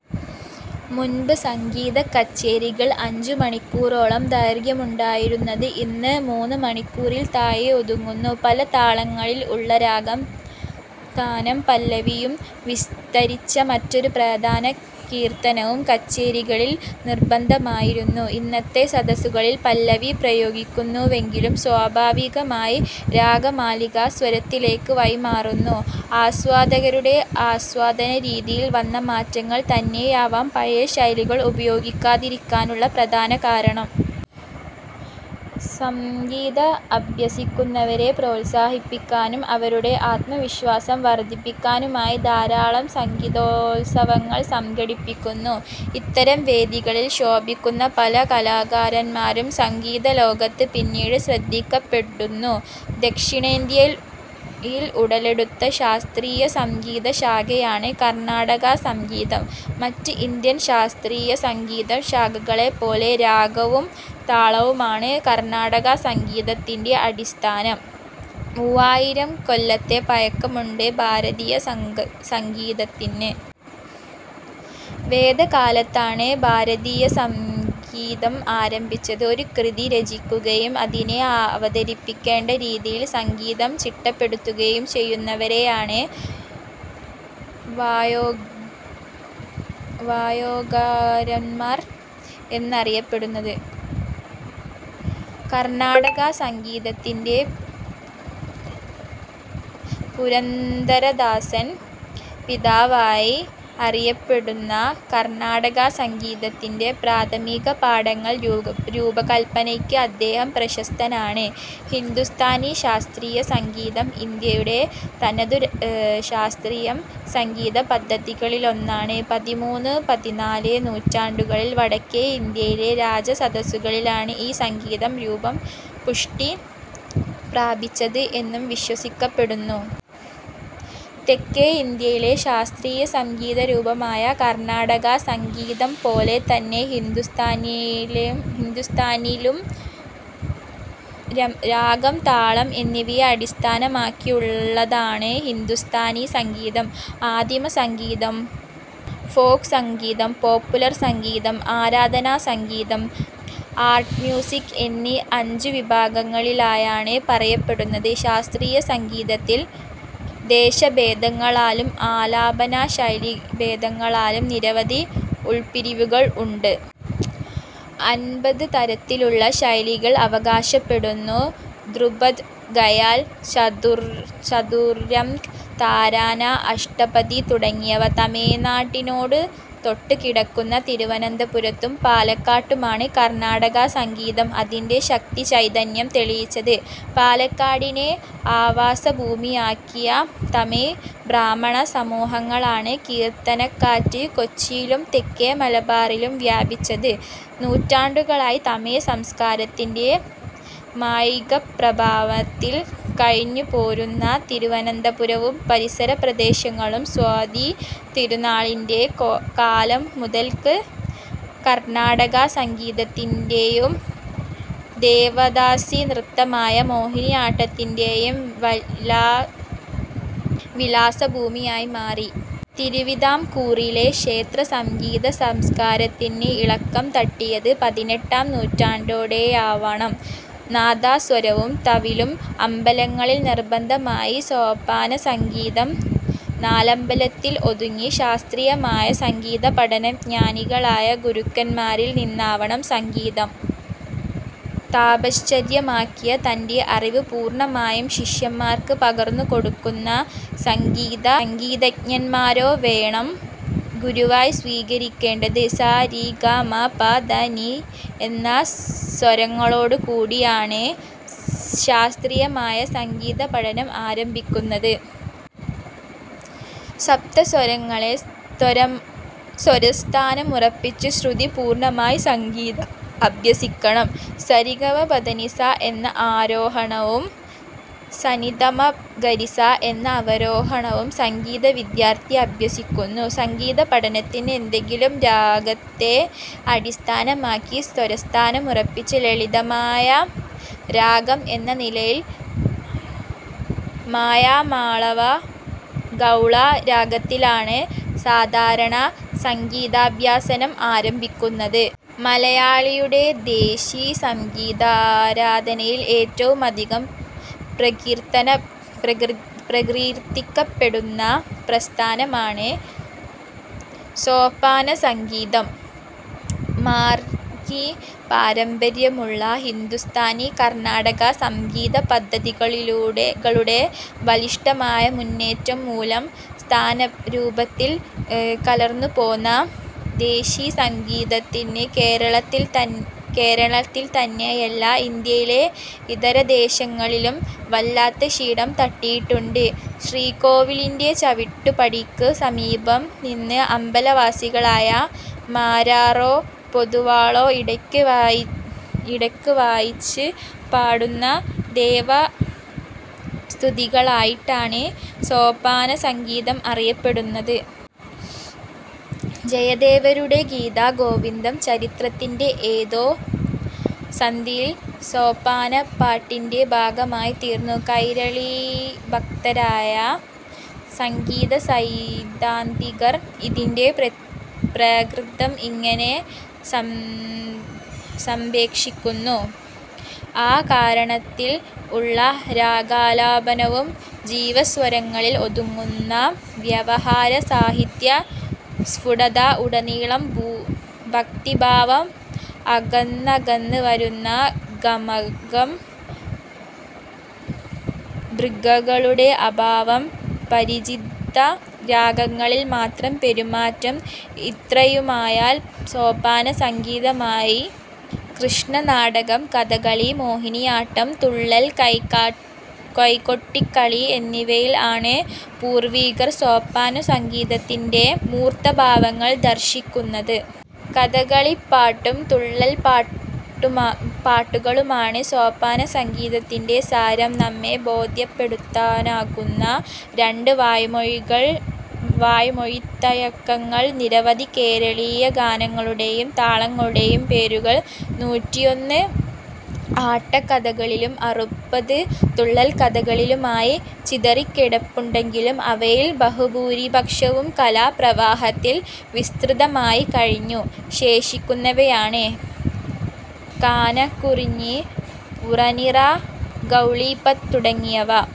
മുമ്പ് സംഗീതകച്ചേരികൾ അഞ്ചുമണിക്കൂറോളം ദൈർഘ്യമുണ്ടായിരുന്നത് ഇന്ന് മൂന്ന് മണിക്കൂറിൽ താഎ താഴെ ഒതുങ്ങുന്നു. പല താളങ്ങളിൽ ഉള്ള രാഗം താനം പല്ലവിയും വിസ്തരിച്ച മറ്റൊരു പ്രധാന കീർത്തനവും കച്ചേരികളിൽ നിർബന്ധമായിരുന്നു. ഇന്നത്തെ സദസ്സുകളിൽ പല്ലവി പ്രയോഗിക്കുന്നുവെങ്കിലും സ്വാഭാവികമായി രാഗമാലിക സ്വരത്തിലേക്ക് വഴിമാറുന്നു. ആസ്വാദകരുടെ ആസ്വാദനരീതിയിൽ വന്ന മാറ്റങ്ങൾ തന്നെയാവാം പഴയ ശൈലികൾ ഉപയോഗിക്കാതിരിക്കാനുള്ള പ്രധാന കാരണം. സംഗീതം അഭ്യസിക്കുന്നവരെ പ്രോത്സാഹിപ്പിക്കാനും അവരുടെ ആത്മവിശ്വാസം വർദ്ധിപ്പിക്കാനുമായി ധാരാളം സംഗീതോത്സവങ്ങൾ സംഘടിപ്പിക്കുന്നു. ഇത്തരം വേദികളിൽ ശോഭിക്കുന്ന പല കലാകാരന്മാരും സംഗീതലോകത്ത് പിന്നീട് ശ്രദ്ധിക്കപ്പെടുന്നു ദക്ഷിണേന്ത്യയിൽ ഉടലെടുത്ത ശാസ്ത്രീയസംഗീത ശാഖയാണ് കർണ്ണാടക സംഗീതം. മറ്റ് ഇന്ത്യൻ ശാസ്ത്രീയസംഗീത ശാഖകളെപ്പോലെ രാഗവും താളവുമാണ് കർണ്ണാടകസംഗീതത്തിന്റെയും അടിസ്ഥാനം. മൂവായിരം കൊല്ലത്തെ പഴക്കമുണ്ട് ഭാരതീയസംഗീതത്തിന്. വേദകാലത്താണ് ഭാരതീയസംഗീതം ആരംഭിച്ചത്. ഒരു കൃതി രചിക്കുകയും അതിനെ അവതരിപ്പിക്കേണ്ട രീതിയിൽ സംഗീതം ചിട്ടപ്പെടുത്തുകയും ചെയ്യുന്നവരെയാണ് വാഗ്ഗേയകാരന്മാർ എന്നറിയപ്പെടുന്നത്. കർണാടകസംഗീതത്തിന്റെ പുരന്ദരദാസൻ പിതാവായി അറിയപ്പെടുന്നു. കർണാടകസംഗീതത്തിന്റെ പ്രാഥമികപാഠങ്ങൾ രൂപകൽപ്പനയ്ക്ക് അദ്ദേഹം പ്രശസ്തനാണ്. ഹിന്ദുസ്ഥാനി ശാസ്ത്രീയ സംഗീതം ഇന്ത്യയുടെ തനതു ശാസ്ത്രീയ സംഗീത പദ്ധതികളിലൊന്നാണ്. പതിമൂന്നും പതിനാലും നൂറ്റാണ്ടുകളിൽ വടക്കേ ഇന്ത്യയിലെ രാജ സദസ്സുകളിലാണ് ഈ സംഗീത രൂപം പുഷ്ടി പ്രാപിച്ചത് എന്നു വിശ്വസിക്കപ്പെടുന്നു. തെക്കേ ഇന്ത്യയിലെ ശാസ്ത്രീയ സംഗീത രൂപമായ കർണാടക സംഗീതം പോലെ തന്നെ ഹിന്ദുസ്ഥാനിയും രാഗം, താളം എന്നിവയെ അടിസ്ഥാനമാക്കിയുള്ളതാണ്. ഹിന്ദുസ്ഥാനി സംഗീതം ആദിമസംഗീതം, ഫോക്സംഗീതം, പോപ്പുലർ സംഗീതം, ആരാധനാ സംഗീതം, ആർട്ട് മ്യൂസിക് എന്നീ അഞ്ചു വിഭാഗങ്ങളിലായാണ് പറയപ്പെടുന്നത്. ശാസ്ത്രീയസംഗീതത്തിൽ ദേശഭേദങ്ങളാലും ആലാപനശൈലീഭേദങ്ങളാലും നിരവധി ഉൾപ്പിരിവുകൾ ഉണ്ട്. അൻപത് തരത്തിലുള്ള ശൈലികൾ അവകാശപ്പെടുന്നു. ധ്രുപദ്, ഖയാൽ, ചതുരംഗ്, തരാന, അഷ്ടപദി തുടങ്ങിയവ. തമിഴ്നാടിനോട് തൊട്ട്കിടക്കുന്ന തിരുവനന്തപുരത്തും പാലക്കാട്ടുമാണ് കർണാടക സംഗീതം അതിന്റെ ശക്തി ചൈതന്യം തെളിയിച്ചത്. പാലക്കാടിനെ ആവാസഭൂമിയാക്കിയ തമിഴ് ബ്രാഹ്മണ സമൂഹങ്ങളാണ് 'കീർത്തനക്കാറ്റ്' കൊച്ചിയിലും തെക്കേ മലബാറിലും വ്യാപിപ്പിച്ചത്. നൂറ്റാണ്ടുകളായി തമിഴ് സംസ്കാരത്തിന്റെ മായികപ്രഭാവത്തിൽ കഴിഞ്ഞ്പോരുന്ന തിരുവനന്തപുരവും പരിസര പ്രദേശങ്ങളും സ്വാതി തിരുനാളിന്റെ കാലം മുതൽക്ക് കർണാടകസംഗീതത്തിന്റെയും ദേവദാസി നൃത്തമായ മോഹിനിയാട്ടത്തിന്റെയും വിലാസഭൂമിയായി മാറി. തിരുവിതാംകൂറിലെ ക്ഷേത്രസംഗീതസംസ്കാരത്തിന് ഇളക്കം തട്ടിയത് പതിനെട്ടാം നൂറ്റാണ്ടോടെയാവണം. നാദസ്വരവും തവിലും അമ്പലങ്ങളിൽ നിർബന്ധമായി. സോപാന സംഗീതം നാലമ്പലത്തിൽ ഒതുങ്ങി. ശാസ്ത്രീയമായ സംഗീതപഠനം ജ്ഞാനികളായ ഗുരുക്കൻമാരിൽ നിന്നാവണം. സംഗീതം തപശ്ചര്യയാക്കിയ തന്റെ അറിവ് പൂർണമായും ശിഷ്യൻമാർക്ക് പകർന്നുകൊടുക്കുന്ന സംഗീതജ്ഞൻമാരേ വേണം ഗുരുവായി സ്വീകരിക്കേണ്ടത്. സ, രി ,ഗ, മ ,പ ,ധ ,നി എന്ന സ്വരങ്ങളോടുകൂടിയാണ് ശാസ്ത്രീയമായ സംഗീതപഠനം ആരംഭിക്കുന്നത്. സപ്ത സ്വരങ്ങളെ സ്വരസ്ഥാനമുറപ്പിച്ച് ശ്രുതി പൂർണമായി സംഗീതം അഭ്യസിക്കണം. സരിഗമപധനിസ എന്ന ആരോഹണവും സനിധപമഗരിസ എന്ന അവരോഹണവും സംഗീത വിദ്യാർത്ഥി അഭ്യസിക്കുന്നു. സംഗീത പഠനത്തിന് ഏതെങ്കിലും രാഗത്തെ അടിസ്ഥാനമാക്കി സ്വരസ്ഥാനമുറപ്പിക്കുന്നു. ലളിതമായ രാഗം എന്ന നിലയിൽ മായാമാളവ ഗൗള രാഗത്തിലാണ് സാധാരണ സംഗീതാഭ്യസനം ആരംഭിക്കുന്നത്. മലയാളിയുടെ 'ദേശി' സംഗീതധാരയിൽ ഏറ്റവുമധികം പ്രകീർത്തിക്കപ്പെടുന്ന പ്രസ്ഥാനമാണ് സോപാനസംഗീതം. 'മാർഗി' പാരമ്പര്യമുള്ള ഹിന്ദുസ്ഥാനി-കർണാടക സംഗീത പദ്ധതികളുടെ ബലിഷ്ടമായ മുന്നേറ്റം മൂലം നാനാരൂപത്തിൽ പുലർന്നുപോന്ന 'ദേശി' സംഗീതത്തിന് കേരളത്തിൽതന്നെയല്ല ഇന്ത്യയിലെ ഇതരദേശങ്ങളിലും വല്ലാത്ത ക്ഷീണം തട്ടിയിട്ടുണ്ട്. ശ്രീകോവിലിന്റെ ചവിട്ടുപടികൾക്ക് സമീപം നിന്ന് അമ്പലവാസികളായ മാരാരോ പൊതുവാളോ ഇടക്ക് വായിച്ച് പാടുന്ന ദേവതാസ്തുതികളായിട്ടാണ് സോപാന സംഗീതം അറിയപ്പെടുന്നത്. ജയദേവരുടെ ഗീതാഗോവിന്ദം ചരിത്രത്തിന്റെ ഏതോ സന്ധിയിൽ സോപാനപ്പാട്ടിന്റെ ഭാഗമായി തീർന്നു. കൈരളീഭക്തരായ സംഗീതസൈദ്ധാന്തികർ ഇതിന്റെ പ്രകൃതം ഇങ്ങനെ സംക്ഷേപിക്കുന്നു. 'അ' കാരത്തിൽ ഉള്ള രാഗാലാപനം, ജീവസ്വരങ്ങളിൽ ഒതുങ്ങുന്ന വ്യവഹാരം, സാഹിത്യ സ്ഫുടത, ഉടനീളം ഭക്തിഭാവം, അകന്നകന്ന് വരുന്ന ഗമകം,'ഭൃഗ'കളുടെ അഭാവം, പരിചിത രാഗങ്ങളിൽ മാത്രം പെരുമാറ്റം ഇത്രയുമായാൽ സോപാന സംഗീതമായി. കൃഷ്ണനാട്ടം, കഥകളി, മോഹിനിയാട്ടം, തുള്ളൽ, കൈകൊട്ടിക്കളി എന്നിവയിൽ ആണ് പൂർവികർ സോപാനസംഗീതത്തിന്റെ മൂർത്തഭാവങ്ങൾ ദർശിക്കുന്നത്. കഥകളിപ്പാട്ടും തുള്ളൽപ്പാട്ടുകളുമാണ് സോപാനസംഗീതത്തിന്റെ സാരം നമ്മെ ബോദ്ധ്യപ്പെടുത്താനുതകുന്ന രണ്ട് വാമൊഴിത്തഴക്കങ്ങൾ. നിരവധി കേരളീയ ഗാനങ്ങളുടെയും താളങ്ങളുടെയും പേരുകൾ നൂറ്റിയൊന്ന് ആട്ടക്കഥകളിലും അറുപത് തുള്ളൽക്കഥകളിലുമായി ചിതറിക്കിടപ്പുണ്ടെങ്കിലും അവയിൽ ബഹുപൂരിപക്ഷവും കാലപ്രവാഹത്തിൽ വിസ്മൃതമായി കഴിഞ്ഞു. ശേഷിക്കുന്നവയാണ് കാനക്കുറിഞ്ഞി, പുറനിര, ഗൌളിപന്ത് തുടങ്ങിയവ